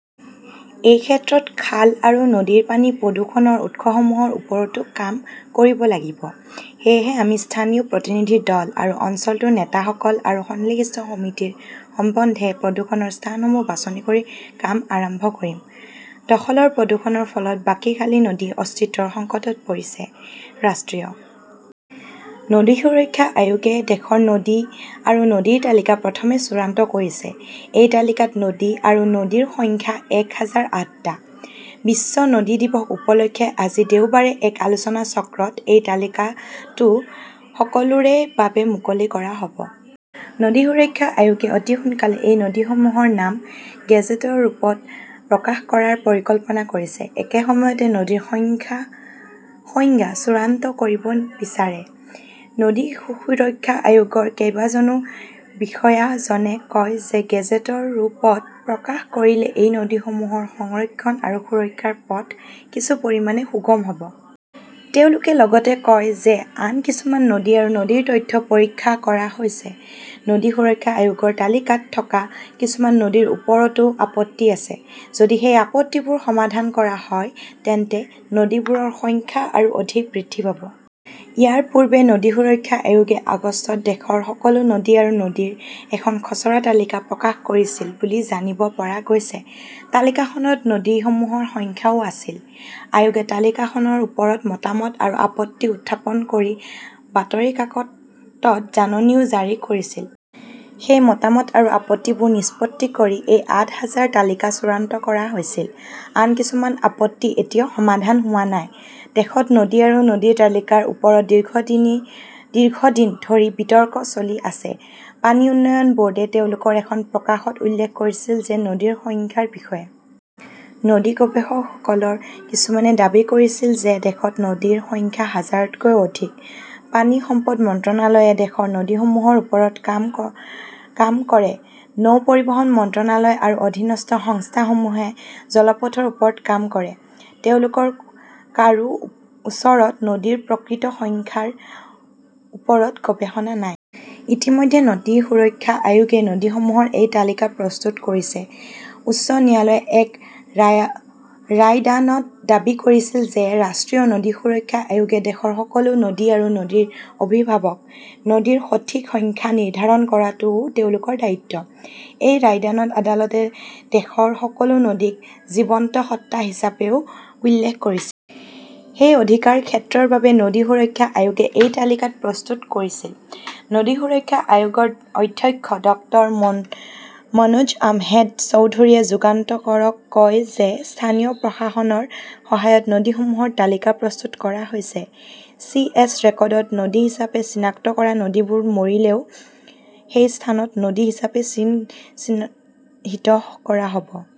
এই ক্ষেত্ৰত খাল আৰু নদীৰ পানী প্ৰদূষণৰ উৎসসমূহৰ ওপৰতো কাম কৰিব লাগিব। সেয়েহে আমি স্থানীয় প্ৰতিনিধি দল আৰু অঞ্চলটোৰ নেতাসকল আৰু সংশ্লিষ্ট সমিতিৰ সমন্বয়ে প্ৰদূষণৰ স্থানসমূহ বাছনি কৰি কাম আৰম্ভ কৰিম। দখলৰ প্ৰদূষণৰ ফলত বাঁকখালী নদী অস্তিত্বৰ সংকটত পৰিছে ।ৰাষ্ট্ৰীয় নদী সুৰক্ষা আয়োগে দেশৰ নদী আৰু নদীৰ তালিকা প্ৰথমতে চূড়ান্ত কৰিছে। এই তালিকাত নদী আৰু নদীৰ সংখ্যা এক হাজাৰ আঠটা। বিশ্ব নদী দিৱস উপলক্ষে আজি দেওবাৰে এক আলোচনাচক্ৰত এই তালিকাটো সকলোৰে বাবে মুকলি কৰা হ'ব। নদী সুৰক্ষা আয়োগে অতি সোনকালেই এই নদীসমূহৰ নাম গেজেটৰ ৰূপত প্ৰকাশ কৰাৰ পৰিকল্পনা কৰিছে। একে সময়তে নদীৰ সংজ্ঞা চূড়ান্ত কৰিব বিচাৰে। নদী সুৰক্ষা আয়োগৰ কেইবাজনো বিষয়াজনে কয় যে গেজেটৰ ৰূপত প্ৰকাশ কৰিলে এই নদীসমূহৰ সংৰক্ষণ আৰু সুৰক্ষাৰ পথ কিছু পৰিমাণে সুগম হ'ব। তেওঁলোকে লগতে কয় যে আন কিছুমান নদী আৰু নদীৰ তথ্য পৰীক্ষা কৰা হৈছে। নদী সুৰক্ষা আয়োগৰ তালিকাত থকা কিছুমান নদীৰ ওপৰতো আপত্তি আছে। যদি সেই আপত্তিবোৰ সমাধান কৰা হয়, তেন্তে নদীবোৰৰ সংখ্যা আৰু অধিক বৃদ্ধি পাব। ইয়াৰ পূৰ্বে নদী সুৰক্ষা আয়োগে আগষ্টত দেশৰ সকলো নদী আৰু নদীৰ এখন খচৰা তালিকা প্ৰকাশ কৰিছিল বুলি জানিব পৰা গৈছে। তালিকাখনত নদীসমূহৰ সংখ্যাও আছিল। আয়োগে তালিকাখনৰ ওপৰত মতামত আৰু আপত্তি উত্থাপন কৰি বাতৰি কাকতত জাননীও জাৰি কৰিছিল। সেই মতামত আৰু আপত্তিবোৰ নিষ্পত্তি কৰি এই আঠ হাজাৰৰ তালিকা চূড়ান্ত কৰা হৈছিল। আন কিছুমান আপত্তি এতিয়াও সমাধান হোৱা নাই। দেশত নদী আৰু নদীৰ তালিকাৰ ওপৰত দীৰ্ঘদিন ধৰি বিতৰ্ক চলি আছে। পানী উন্নয়ন ব'ৰ্ডে তেওঁলোকৰ এখন প্ৰকাশনত উল্লেখ কৰিছিল যে নদীৰ সংখ্যাৰ বিষয়ে। নদী গৱেষকসকলৰ কিছুমানে দাবী কৰিছিল যে দেশত নদীৰ সংখ্যা হাজাৰতকৈ অধিক। পানী সম্পদ মন্ত্ৰালয়ে দেশৰ নদীসমূহৰ ওপৰত কাম কৰে। নৌ পৰিবহণ মন্ত্ৰালয় আৰু অধীনস্থ সংস্থাসমূহে জলপথৰ ওপৰত কাম কৰে। তেওঁলোকৰ কাৰো ওচৰত নদীৰ প্ৰকৃত সংখ্যাৰ ওপৰত গৱেষণা নাই। ইতিমধ্যে নদী সুৰক্ষা আয়োগে নদীসমূহৰ এই তালিকা প্ৰস্তুত কৰিছে। উচ্চ ন্যায়ালয়ে এক ৰায়দানত দাবী কৰিছিল যে ৰাষ্ট্ৰীয় নদী সুৰক্ষা আয়োগে দেশৰ সকলো নদী আৰু নদীৰ অভিভাৱক, নদীৰ সঠিক সংখ্যা নিৰ্ধাৰণ কৰাটোও তেওঁলোকৰ দায়িত্ব। এই ৰায়দানত আদালতে দেশৰ সকলো নদীক জীৱন্ত সত্তা হিচাপেও উল্লেখ কৰিছিল। সেই অধিকাৰক্ষেত্ৰৰ বাবেই নদী সুৰক্ষা আয়োগে এই তালিকা প্ৰস্তুত কৰিছিল। নদী সুৰক্ষা আয়োগৰ অধ্যক্ষ ডাঃ মঞ্জুৰ আহমেদ চৌধুৰীয়ে যুগান্তৰক কয় যে স্থানীয় প্ৰশাসনৰ সহায়ত নদীসমূহৰ তালিকা প্ৰস্তুত কৰা হৈছে। চি. এছ. ৰেকৰ্ডত নদী হিচাপে চিনাক্ত কৰা নদীবোৰ মৰিলেও সেই স্থানটো নদী হিচাপে চিহ্নিত কৰা হ'ব।